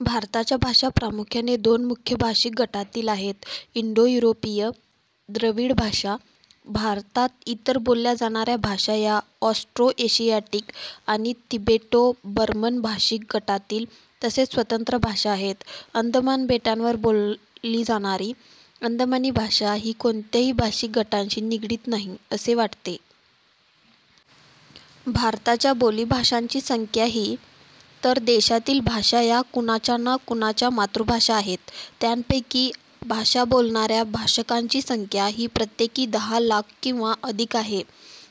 भारताच्या भाषा प्रामुख्याने दोन मुख्य भाषिक गटांतील आहेत.. इंडो-युरोपीय. द्रविडीय भाषा. भारतात इतर बोलल्या जाणाऱ्या भाषा या ऑस्ट्रो-एशियाटिक आणि तिबेटो-बर्मन भाषिक गटांतील तसेच स्वतंत्र भाषा आहेत. अंदमान बेटांवर बोलली जाणारी अंदमानी भाषा ही कोणत्याही भाषिक गटांशी निगडित नाही असे वाटते. भारताच्या बोलीभाषांची संख्या ही, तर देशातील भाषा या कुणाच्याना कुणाच्या मातृभाषा आहेत. त्यांपैकी भाषा बोलणाऱ्या भाषकांची संख्या ही प्रत्येकी दहा लाख किंवा अधिक आहे.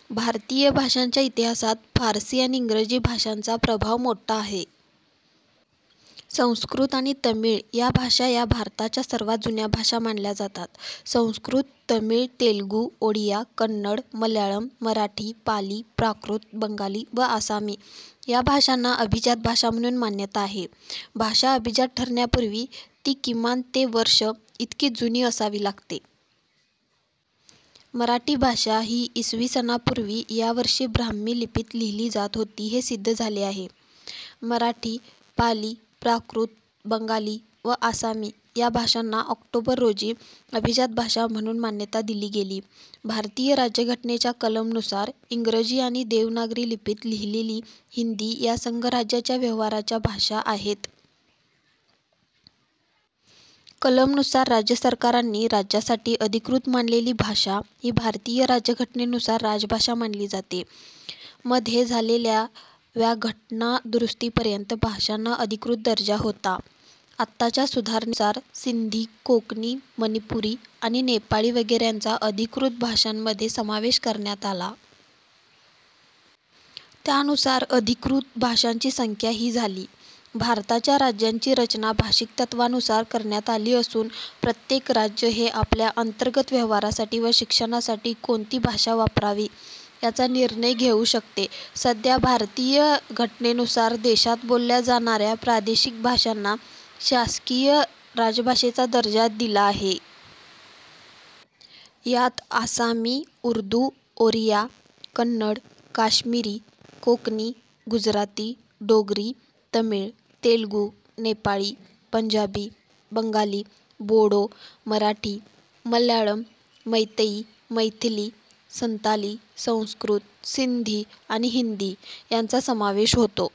भारतीय भाषांच्या इतिहासात फारसी आणि इंग्रजी भाषांचा प्रभाव मोठा आहे. संस्कृत आणि तमिळ या भाषा या भारताच्या सर्वांत जुन्या भाषा मानल्या जातात. संस्कृत, तमिळ, तेलुगू, ओडिया, कन्नड, मल्याळम, मराठी, पाली, प्राकृत, बंगाली व आसामी या भाषांना अभिजात भाषा म्हणून मान्यता आहे. भाषा अभिजात ठरण्यापूर्वी ती किमान ते वर्षे इतकी जुनी असावी लागते. मराठी भाषा ही इसवी सनापूर्वी या वर्षी ब्राह्मी लिपीत लिहिली जात होती हे सिद्ध झाले आहे. मराठी, पाली, प्राकृत, बंगाली व आसामी या भाषांना ऑक्टोबर रोजी अभिजात भाषा म्हणून मान्यता दिली गेली. भारतीय राज्यघटनेच्या कलम नुसार इंग्रजी आणि देवनागरी लिपीत लिहिलेली हिंदी ह्या संघराज्याच्या व्यवहाराच्या भाषा आहेत. कलम नुसार राज्यसरकारांनी राज्यासाठी अधिकृत मानलेली भाषा ही भारतीय राज्यघटनेनुसार राजभाषा मानली जाते. मध्ये झालेल्या व्या घटना दुरुस्तीपर्यंत भाषांना अधिकृत दर्जा होता. आताच्या सुधारणेनुसार सिंधी, कोंकणी, मणीपुरी आणि नेपाळी वगैरेंचा अधिकृत भाषांमध्ये समावेश करण्यात आला. त्यानुसार अधिकृत भाषांची संख्या ही झाली. भारताच्या राज्यांची रचना भाषिक तत्त्वानुसार करण्यात आली असून प्रत्येक राज्य हे आपल्या अंतर्गत व्यवहारासाठी व शिक्षणासाठी कोणती भाषा वापरावी याचा निर्णय घेऊ शकते. सध्या भारतीय घटनेनुसार देशात बोलल्या जाणाऱ्या प्रादेशिक भाषांना शासकीय राजभाषेचा दर्जा दिला आहे. यांत आसामी, उर्दू, ओरिया, कन्नड, काश्मिरी, कोंकणी, गुजराती, डोगरी, तमिळ, तेलुगू, नेपाळी, पंजाबी, बंगाली, बोडो, मराठी, मल्याळम, मैतेई, मैथिली, संथाली, संस्कृत, सिंधी, आणि हिंदी, यांचा समावेश होतो.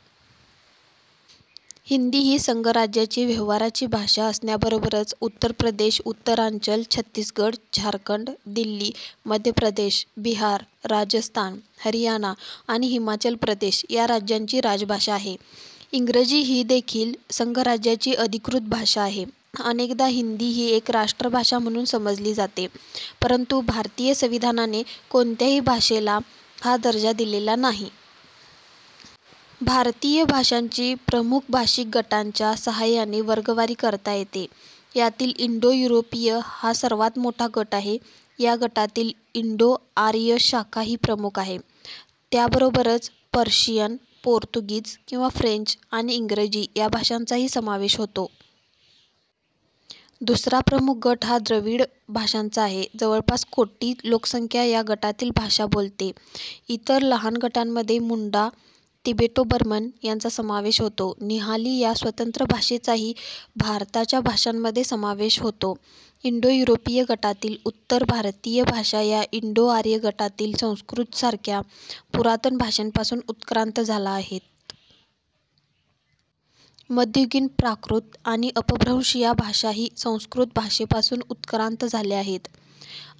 हिंदी ही संघराज्याची व्यवहाराची भाषा असण्याबरोबरच उत्तर प्रदेश, उत्तरांचल, छत्तीसगढ, झारखंड, दिल्ली, मध्य प्रदेश, बिहार, राजस्थान, हरियाणा आणि हिमाचल प्रदेश या राज्यांची राजभाषा आहे. इंग्रजी ही देखील संघराज्याची अधिकृत भाषा आहे. अनेकदा हिंदी ही एक राष्ट्रभाषा म्हणून समजली जाते परंतु भारतीय संविधानाने कोणत्याही भाषेला हा दर्जा दिलेला नाही. भारतीय भाषांची प्रमुख भाषिक गटांच्या साहाय्याने वर्गवारी करता येते. यातील इंडो-यूरोपीय हा सर्वांत मोठा गट आहे. या गटातील इंडो-आर्य शाखा ही प्रमुख आहे.. त्याबरोबरच पर्शियन, पोर्तुगीज किंवा फ्रेंच आणि इंग्रजी या भाषांचाही समावेश होतो. दुसरा प्रमुख गट हा द्रविडीय भाषांचा आहे. जवळपास कोटी लोकसंख्या या गटातील भाषा बोलते. इतर लहान गटांमध्ये मुंडा, तिबेटो-बर्मन यांचा समावेश होतो. निहाली या स्वतंत्र भाषेचाही भारताच्या भाषांमध्ये समावेश होतो. इंडो-युरोपीय गटातील उत्तर भारतीय भाषा या इंडो-आर्य गटातील संस्कृत सारख्या पुरातन भाषेपासून उत्क्रांत झाल्या आहेत. मध्ययुगीन प्राकृत आणि अपभ्रंश या भाषाही संस्कृत भाषेपासून उत्क्रांत झाल्या आहेत.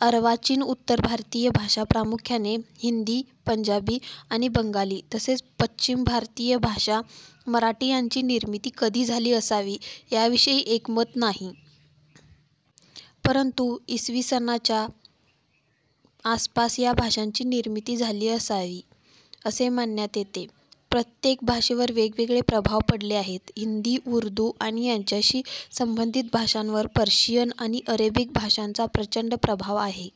अर्वाचीन उत्तर भारतीय भाषा प्रामुख्याने हिंदी, पंजाबी आणि बंगाली तसेच पश्चिम भारतीय भाषा मराठी यांची निर्मिती कधी झाली असावी याविषयी एकमत नाही. परंतु इ. स. च्या आसपास या भाषांची निर्मिती झाली असावी असे मानण्यात येते. प्रत्येक भाषेवर वेगवेगळे प्रभाव पडले आहेत. हिंदी/उर्दू आणि त्याच्याशी संबंधित भाषांवर पर्शियन आणि अरेबिक भाषांचा प्रचंड प्रभाव आहे.